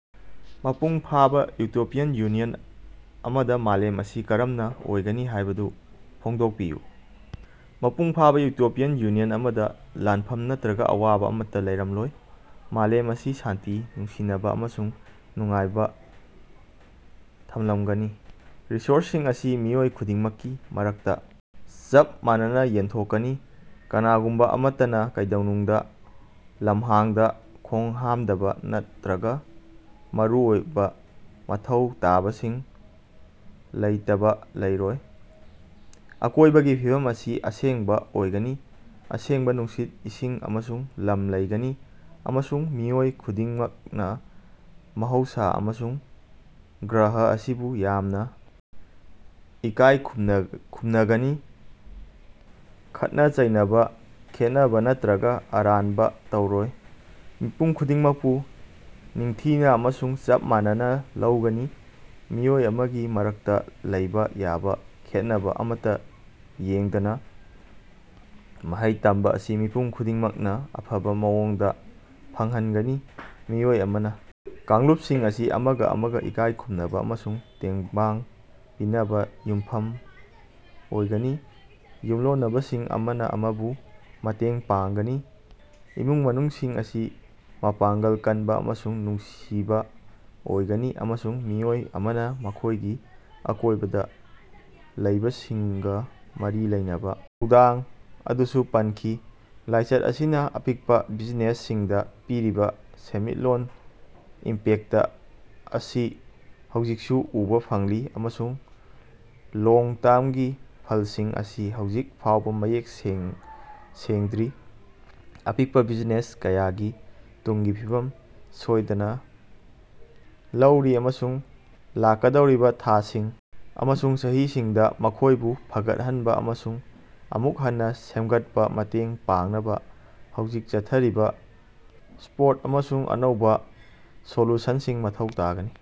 ꯃꯄꯨꯡ ꯐꯥꯕꯥ European union ꯑꯃꯗ ꯃꯥꯂꯦꯝ ꯑꯁꯤ ꯀꯔꯝꯅ ꯑꯣꯏꯒꯅꯤ ꯍꯥꯢꯕꯗꯨ ꯐꯣꯡꯗꯣꯛꯄꯤꯌꯨ꯫ ꯃꯄꯨꯡ ꯐꯥꯕ ꯏꯎꯇꯣꯄꯤꯌꯥꯟ ꯈꯨꯟꯅꯥꯏ ꯑꯃꯗ ꯂꯥꯟꯐꯝ ꯅꯠꯇ꯭ꯔꯒ ꯑꯋꯥꯕ ꯑꯃꯠꯇ ꯂꯩꯔꯝꯂꯣꯏ꯫ ꯃꯥꯂꯦꯝ ꯑꯁꯤ ꯁꯥꯟꯇꯤ, ꯅꯨꯡꯁꯤꯅꯕꯥ ꯑꯃꯁꯨꯡ ꯅꯨꯡꯉꯥꯏꯕꯅ ꯊꯜꯂꯝꯂꯒꯅꯤ꯫ ꯔꯤꯁꯣꯔꯁꯁꯤꯡ ꯑꯁꯤ ꯃꯤꯑꯣꯏ ꯈꯨꯗꯤꯡꯃꯛꯀꯤ ꯃꯔꯛꯇꯥ ꯆꯞ ꯃꯥꯟꯅꯅ ꯌꯦꯟꯊꯣꯛꯀꯅꯤ ꯀꯅꯥꯒꯨꯝꯕ ꯑꯃꯠꯇꯅ ꯀꯩꯗꯧꯅꯨꯡꯗ ꯂꯝꯍꯥꯡꯗ ꯈꯣꯡꯍꯥꯝꯗꯕ ꯅꯠꯇ꯭ꯔꯒ ꯃꯔꯨꯑꯣꯏꯕ ꯃꯊꯧ ꯇꯥꯕꯁꯤꯡ ꯂꯩꯇꯕ ꯂꯩꯔꯣꯏ꯫ ꯑꯀꯣꯢꯕꯒꯤ ꯐꯤꯕꯝ ꯑꯁꯤ ꯑꯁꯦꯡꯕ ꯑꯣꯏꯒꯅꯤ ꯑꯁꯦꯡꯕ ꯅꯨꯡꯁꯤꯠ, ꯏꯁꯤꯡ ꯑꯃꯁꯨꯡ ꯂꯝ ꯂꯩꯒꯅꯤ ꯑꯃꯁꯨꯡ ꯃꯤꯑꯣꯏ ꯈꯨꯗꯤꯡꯃꯛꯅ ꯃꯍꯧꯁꯥ ꯑꯃꯁꯨꯡ ꯒ꯭ꯔꯍ ꯑꯁꯤꯕꯨ ꯌꯥꯝꯅ ꯏꯀꯥꯢ ꯈꯨꯝꯅꯒꯅꯤ꯫ ꯈꯠꯅ ꯆꯩꯅꯕ, ꯈꯦꯟꯅꯕꯥ ꯅꯠꯇ꯭ꯔꯒ ꯑꯔꯥꯟꯕ ꯇꯧꯔꯣꯏ꯫ ꯃꯤꯄꯨꯝ ꯈꯨꯗꯤꯡꯃꯛꯄꯨ ꯅꯤꯡꯊꯤꯅ ꯑꯃꯁꯨꯡ ꯆꯞ ꯃꯥꯟꯅꯅ ꯂꯧꯒꯅꯤ ꯃꯤꯑꯣꯏ ꯑꯃꯒꯤ ꯃꯔꯛꯇ ꯂꯩꯕꯥ ꯌꯥꯕ ꯈꯦꯠꯅꯕ ꯑꯃꯠꯇ ꯌꯦꯡꯗꯅ꯫ ꯃꯍꯩ ꯇꯝꯕ ꯑꯁꯤ ꯃꯤꯄꯨꯝ ꯈꯨꯗꯤꯡꯃꯛꯅ ꯑꯐꯕ ꯃꯑꯣꯡꯗ ꯐꯪꯍꯟꯒꯅꯤ ꯃꯤꯑꯣꯏ ꯑꯃꯅ ꯀꯥꯡꯂꯨꯞꯁꯤꯡ ꯑꯁꯤ ꯑꯃꯒ ꯑꯃꯒ ꯏꯀꯥꯏ ꯈꯨꯝꯅꯕ ꯑꯃꯁꯨꯡ ꯇꯦꯡꯕꯥꯡ ꯄꯤꯅꯕꯗ ꯌꯨꯝꯐꯝ ꯑꯣꯏꯒꯅꯤ ꯌꯨꯝꯂꯣꯟꯅꯕꯁꯤꯡꯅ ꯑꯃꯅ ꯑꯃꯕꯨ ꯃꯇꯦꯡ ꯄꯥꯡꯒꯅꯤ ꯫ ꯏꯃꯨꯡ ꯃꯅꯨꯡꯁꯤꯡ ꯑꯁꯤ ꯃꯄꯥꯡꯒꯜ ꯀꯟꯕ ꯑꯃꯁꯨꯡ ꯅꯨꯡꯁꯤꯕ ꯑꯣꯏꯒꯅꯤ ꯑꯃꯁꯨꯡ ꯃꯤꯑꯣꯏ ꯑꯃꯅ ꯃꯈꯣꯢꯒꯤ ꯑꯀꯣꯢꯕꯗ ꯂꯩꯕꯁꯤꯡꯒ ꯃꯔꯤ ꯂꯩꯅꯕ ꯊꯧꯗꯥꯡ ꯑꯗꯨꯁꯨ ꯄꯟꯈꯤ꯫ ꯂꯥꯏꯆꯠ ꯑꯁꯤꯅ ꯑꯄꯤꯛꯄ ꯕꯤꯖꯤꯅꯦꯁꯁꯤꯡꯗ ꯄꯤꯔꯤꯕ ꯁꯦꯟꯃꯤꯠꯂꯣꯟꯗ ꯏꯝꯄꯦꯛꯇ ꯑꯁꯤ ꯍꯧꯖꯤꯛꯁꯨ ꯎꯕꯥ ꯐꯪꯂꯤ ꯑꯃꯁꯨꯡ ꯂꯣꯡ ꯇꯔ꯭ꯃꯒꯤ ꯐꯜꯁꯤꯡ ꯑꯁꯤ ꯍꯧꯖꯤꯛ ꯐꯥꯎꯕ ꯃꯌꯦꯛ ꯁꯦꯡꯗ꯭ꯔꯤ꯫ ꯑꯄꯤꯛꯄ ꯕꯤꯖꯤꯅꯦꯁ ꯀꯌꯥꯒꯤ ꯇꯨꯡꯒꯤ ꯐꯤꯕꯝ ꯁꯣꯏꯗꯅꯥ ꯂꯧꯔꯤ ꯑꯃꯁꯨꯡ ꯂꯥꯛꯀꯗꯧꯔꯤꯕꯥ ꯊꯥꯁꯤꯡ ꯑꯃꯁꯨꯡ ꯆꯍꯤꯁꯤꯡꯗꯥ ꯃꯈꯣꯢꯕꯨ ꯐꯒꯠꯍꯟꯕ ꯑꯃꯁꯨꯡ ꯑꯃꯨꯛ ꯍꯟꯅ ꯁꯦꯝꯒꯠꯄꯗ ꯃꯇꯦꯡ ꯄꯥꯡꯅꯕ ꯍꯧꯖꯤꯛ ꯆꯠꯊꯔꯤꯕ ꯁꯄꯣꯔꯠ ꯑꯃꯁꯨꯡ ꯑꯅꯧꯕꯥ ꯁꯣꯂꯨꯁꯟꯁꯤꯡ ꯃꯊꯧ ꯇꯥꯒꯅꯤ꯫